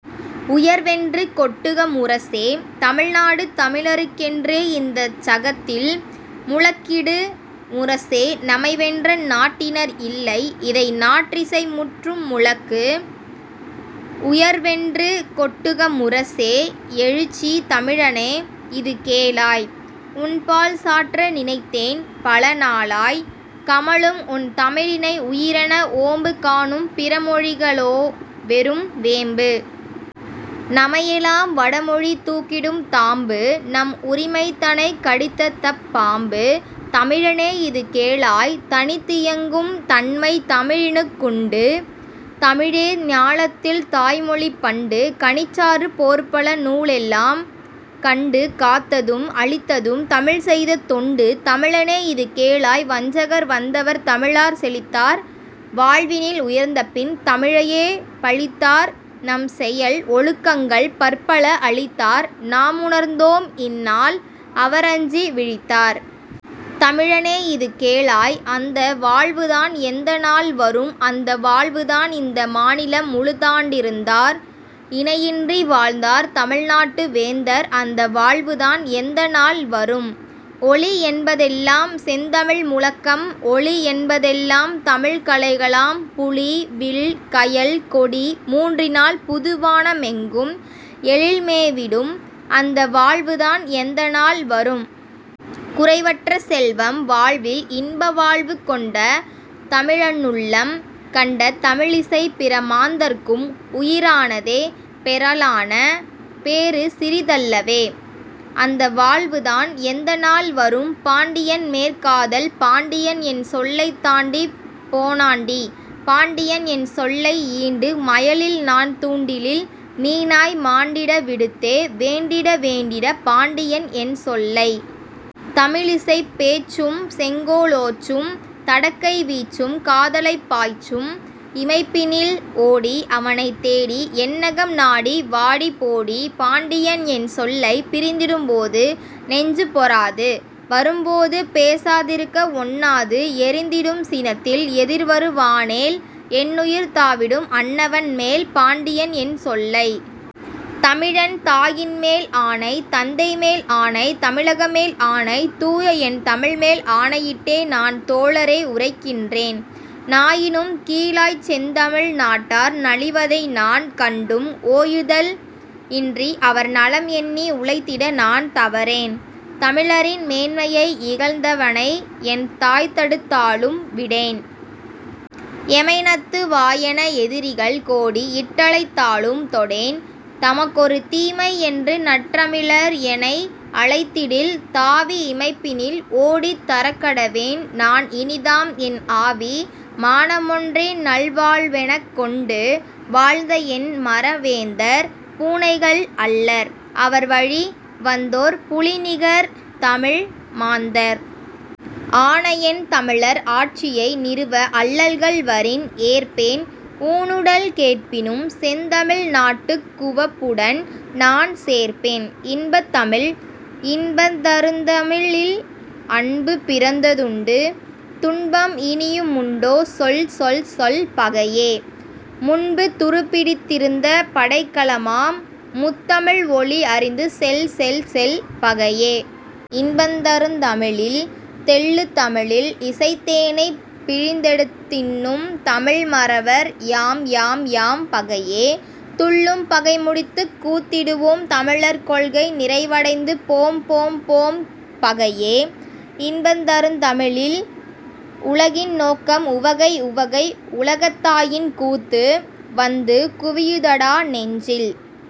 உயர்வென்று கொட்டுக முரசே! தமிழ்நாடு தமிழருக் கென்றே -- இந்தச் சகத்தில் முழக்கிடு முரசே! நமைவென்ற நாட்டினர் இல்லை -- இதை நாற்றிசை முற்றும் முழக்கு! உயர்வென்று கொட்டுக முரசே! எழுச்சி தமிழனே இது கேளாய் -- உன்பால் சாற்ற நினைத்தேன் பல நாளாய்! கமழும் உன் தமிழினை உயிரென ஓம்பு காணும் பிற மொழிக ளோவெறும் வேம்பு! நமையெலாம் வடமொழி தூக்கிடும் தாம்பு நம்உரி மைதனைக் கடித்ததப் பாம்பு! தமிழனே இது கேளாய் தனித்தியங் கும்தன்மை தமிழினுக் குண்டு; தமிழே ஞாலத்தில் தாய்மொழி பண்டு! கனிச்சாறு போற்பல நூலெலாம் கண்டு காத்ததும் அளித்ததும் தமிழ்செய்த தொண்டு. தமிழனே இது கேளாய் வஞ்சகர் வந்தவர் தமிழாற் செழித்தார் வாழ்வினில் உயர்ந்தபின் தமிழையே பழித்தார் நம்செயல் ஒழுக்கங்கள் பற்பல அழித்தார் நாமுணர்ந்தோம்; இந்நாள் அவரஞ்சி விழித்தார். தமிழனே இது கேளாய் அந்த வாழ்வுதான் எந்தநாள் வரும்? அந்த வாழ்வுதான் இந்த மாநிலம் முழுதாண் டிருந்தார் இணையின்றி வாழ்ந்தார் தமிழ்நாட்டு வேந்தர் அந்த வாழ்வுதான் எந்தநாள் வரும்? ஒலி என்பதெல்லாம் செந்தமிழ் முழக்கம்; ஒளி என்பதெல்லாம் தமிழ்க் கலைகளாம்! புலி, வில், கயல் கொடி மூன்றினால் புது வானமெங்கும் எழில் மேவிடும் அந்த வாழ்வுதான் எந்தநாள் வரும்? குறைவற்ற செல்வம், வாழ்வில் இன்பவாழ்வு கொண்ட தமிழனுள்ளம் கண்ட தமிழிசை. பிற மாந்தர்க்கும் உயி ரானதே பெறலான பேறு சிறி தல்லவே! அந்த வாழ்வுதான் எந்தநாள் வரும்? பாண்டியன்மேற் காதல் பாண்டியன் என் சொல்லைத் தாண்டிப் போனாண்டி, பாண்டியன் என் சொல்லை... ஈண்டு மயலில்நான் தூண்டிலில் மீனாய் மாண்டிட விடுத்தே வேண்டிட வேண்டிட, பாண்டியன் என் சொல்லை... தமிழிசைப் பேச்சும், செங்கோலோச்சும்; தடக்கை வீச்சும், காதலைப் பாய்ச்சும், இமைப்பினில் ஓடி அவனைத் தேடி என்னகம் நாடி வாடிபோடி பாண்டியன் என் சொல்லை... பிரிந்திடும் போது நெஞ்சு பொறாது; வரும்போது பேசா திருக்க ஒண்ணாது எரிந்திடும் சினத்தில் எதிர்வரு வானேல் என்னுயிர் தாவிடும் அன்னவன் மேல் பாண்டியன் என் சொல்லை... தமிழன் தாயின்மேல் ஆணை! தந்தைமேல் ஆணை! தமிழகமேல் ஆணை! தூயஎன் தமிழ்மேல் ஆணையிட்டே நான் தோழரே உரைக்கின்றேன்: நாயினும் கீழாய்ச் செந்தமிழ் நாட்டார் நலிவதை நான் கண்டும், ஓயுதல் இன்றி அவர் நலம் எண்ணி உழைத்திட நான் தவறேன். தமிழரின் மேன்மையை இகழ்ந்தவ னைஎன் தாய்தடுத் தாலும் விடேன்! எமைநத்து வாயென எதிரிகள் கோடி இட்டழைத் தாலும் தொடேன்! "தமக்கொரு தீமை" என்று நற்றமிழர் எனைஅழைத்திடில் தாவி இமைப்பினில் ஓடித் தரக்கடவேன் நான் இனிதாம் என் ஆவி! மானமொன்றே நல் வாழ்வெனக் கொண்டு வாழ்ந்தஎன் மற வேந்தர் பூனைகள் அல்லர்; அவர்வழி வந்தோர் புலிநிகர் தமிழ் மாந்தர்! ஆனஎன் தமிழர் ஆட்சியை நிறுவ அல்லல்கள் வரின் ஏற்பேன்! ஊனுடல் கேட்பினும் செந்தமிழ் நாட்டுக் குவப்புடன் நான் சேர்ப்பேன்! இன்பத் தமிழ் இன்பந் தருந்தமிழில் அன்பு பிறந்ததுண்டு; துன்பம் இனியு முண்டோ சொல் சொல் சொல் பகையே! முன்பு துருப்பிடித்தி ருந்த படைக்கலமாம் முத்தமிழ் ஒளி அறிந்து செல் செல் செல் பகையே! இன்பந் தருந்தமிழில்... தெள்ளு தமிழில்இசைத் தேனைப் பிழிந்தெடுத்துத் தின்னும் தமிழ் மறவர் யாம் யாம் யாம் பகையே! துள்ளும் பகைமுடித்துக் கூத்திடுவோம் தமிழர் கொள்கை நிறைவ டைந்து போம் போம் போம் பகையே! இன்பந் தருந்தமிழில்... உலகின் நோக்கம் உவகை உவகை உலகத்தாயின் கூத்து! -- வந்து குவியுதடா நெஞ்சில்